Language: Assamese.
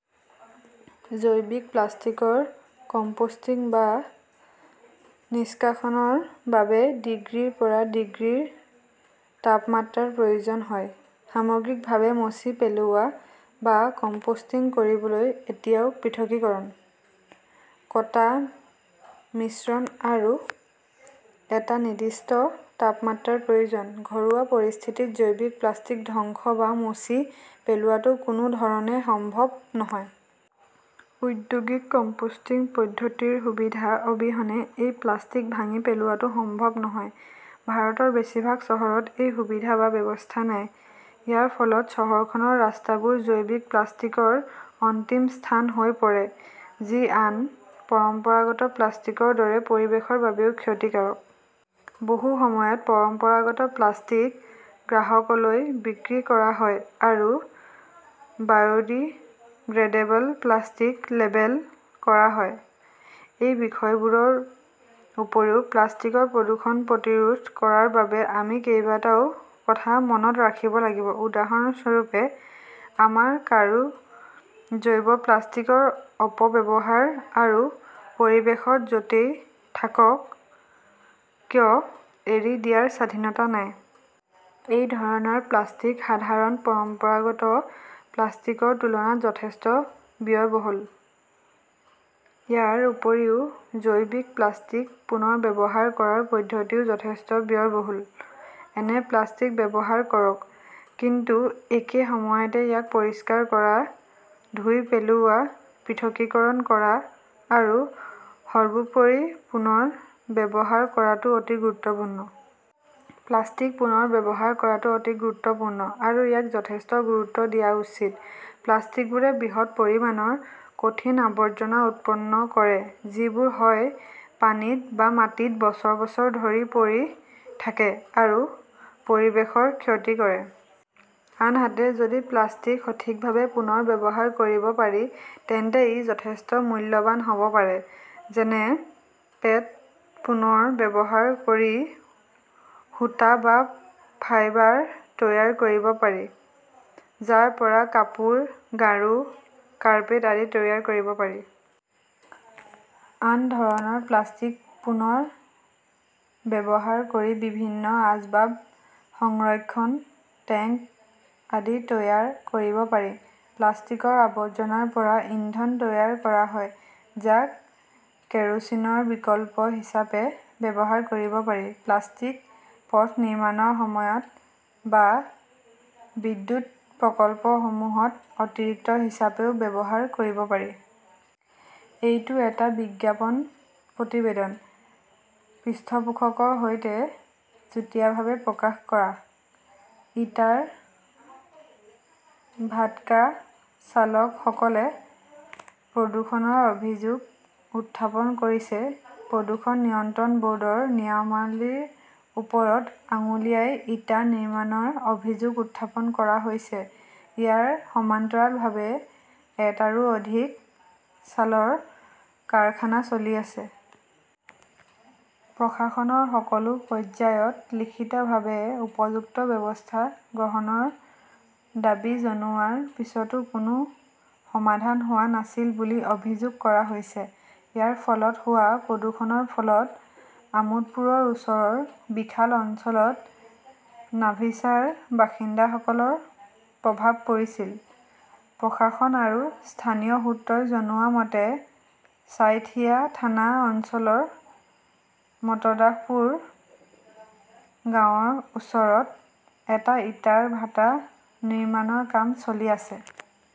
জৈৱিক প্লাষ্টিকৰ কম্পোষ্টিং বা নিষ্কাশনৰ বাবে ডিগ্ৰীৰ পৰা ডিগ্ৰীৰ তাপমাত্ৰাৰ প্ৰয়োজন হয়। সামগ্ৰিকভাৱে মচি পেলোৱা বা কম্পোষ্টিং কৰিবলৈ এতিয়াও পৃথকীকৰণ, কটা, মিশ্ৰণ আৰু এটা নিৰ্দিষ্ট তাপমাত্ৰাৰ প্ৰয়োজন। ঘৰুৱা পৰিস্থিতিত জৈৱিক প্লাষ্টিক ধ্বংস বা মচি পেলোৱাটো কোনো ধৰণে সম্ভৱ নহয়। ঔদ্যোগিক কম্পোষ্টিং পদ্ধতিৰ সুবিধা অবিহনে এই প্লাষ্টিক ভাঙি পেলোৱাটো সম্ভৱ নহয়। ভাৰতৰ বেছিভাগ চহৰত এই সুবিধা বা ব্যৱস্থা নাই। ইয়াৰ ফলত চহৰখনৰ ৰাস্তাবোৰ জৈৱিক প্লাষ্টিকৰ অন্তিম স্থান হৈ পৰে। যি আন পৰম্পৰাগত প্লাষ্টিকৰ দৰে পৰিৱেশৰ বাবেও ক্ষতিকাৰক। বহু সময়ত পৰম্পৰাগত প্লাষ্টিক গ্ৰাহকলৈ বিক্ৰী কৰা হয় আৰু বায়ডিগ্ৰেডেবল প্লাষ্টিক লেবেল কৰা হয়। এই বিষয়বোৰৰ উপৰিও প্লাষ্টিকৰ প্ৰদূষণ প্ৰতিৰোধ কৰাৰ বাবে আমি কেইবাটাও কথা মনত ৰাখিব লাগিব। উদাহৰণস্বৰূপে, আমাৰ কাৰো জৈৱ-প্লাষ্টিকৰ অপব্যৱহাৰ আৰু পৰিৱেশত য 'তেই থাকক কিয় এৰি দিয়াৰ স্বাধীনতা নাই। এই ধৰণৰ প্লাষ্টিক সাধাৰণ পৰম্পৰাগত প্লাষ্টিকৰ তুলনাত যথেষ্ট ব্যয়বহুল। ইয়াৰ উপৰিও জৈৱিক প্লাষ্টিক পুনৰ্ব্যৱহাৰ কৰাৰ পদ্ধতিও যথেষ্ট ব্যয়বহুল। এনে প্লাষ্টিক ব্যৱহাৰ কৰক। কিন্তু একে সময়তে ইয়াক পৰিষ্কাৰ কৰা, ধুই পেলোৱা, পৃথকীকৰণ কৰা আৰু সৰ্বোপৰি পুনৰ ব্যৱহাৰ কৰাটো অতি গুৰুত্বপূৰ্ণ। প্লাষ্টিক পুনৰ ব্যৱহাৰ কৰাটো অতি গুৰুত্বপূৰ্ণ আৰু ইয়াক যথেষ্ট গুৰুত্ব দিয়া উচিত। প্লাষ্টিকবোৰে বৃহৎ পৰিমাণৰ কঠিন আৱৰ্জনা উৎপন্ন কৰে যিবোৰ হয় পানীত বা মাটিত বছৰ বছৰ ধৰি পৰি থাকে আৰু পৰিৱেশৰ ক্ষতি কৰে। আনহাতে, যদি প্লাষ্টিক সঠিকভাৱে পুনৰ ব্যৱহাৰ কৰিব পাৰি তেন্তে ই যথেষ্ট মূল্যৱান হ 'ব পাৰে। যেনে পেট পুনৰ ব্যৱহাৰ কৰি সূতা বা ফাইবাৰ তৈয়াৰ কৰিব পাৰি, যাৰ পৰা কাপোৰ, গাৰু, কাৰ্পেট আদি তৈয়াৰ কৰিব পাৰি। আন ধৰণৰ প্লাষ্টিক পুনৰ ব্যৱহাৰ কৰি বিভিন্ন আচবাব, সংৰক্ষণ টেংক আদি তৈয়াৰ কৰিব পাৰি। প্লাষ্টিকৰ আৱৰ্জনাৰ পৰা ইন্ধন তৈয়াৰ কৰা হয়, যাক কেৰোচিনৰ বিকল্প হিচাপে ব্যৱহাৰ কৰিব পাৰি। প্লাষ্টিক পথ নিৰ্মাণৰ সময়ত বা বিদ্যুৎ প্ৰকল্পসমূহত অতিৰিক্ত হিচাপেও ব্যৱহাৰ কৰিব পাৰি। এইটো এটা বিজ্ঞাপন প্ৰতিবেদন। পৃষ্ঠপোষকৰ সৈতে যুটীয়াভাৱে প্ৰকাশ কৰা। ইটাৰ ভাটকা-চালকসকলে প্ৰদূষণৰ অভিযোগ উত্থাপন কৰিছে প্ৰদূষণ নিয়ন্ত্ৰণ বৰ্ডৰ নিয়মাৱলীৰ ওপৰত আঙুলিয়াই ইটা নিৰ্মাণৰ অভিযোগ উত্থাপন কৰা হৈছে। ইয়াৰ সমান্তৰালভাৱে এটাৰো অধিক চালৰ কাৰখানা চলি আছে। প্ৰশাসনৰ সকলো পৰ্যায়ত লিখিতভাৱে উপযুক্ত ব্যৱস্থা গ্ৰহণৰ দাবী জনোৱাৰ পিছতো কোনো সমাধান হোৱা নাছিল বুলি অভিযোগ কৰা হৈছে। ইয়াৰ ফলত হোৱা প্ৰদূষণৰ ফলত আমোদপুৰৰ ওচৰৰ বিশাল অঞ্চলত নাভিছাৰ বাসিন্দাসকলৰ প্ৰভাৱ পৰিছিল। প্ৰশাসন আৰু স্থানীয় সূত্ৰই জনোৱা মতে, ছাইথিয়া থানা অঞ্চলৰ মৰ্তদাসপুৰ গাঁৱৰ ওচৰত এটা ইটাৰ ভাটা নিৰ্মাণৰ কাম চলি আছে।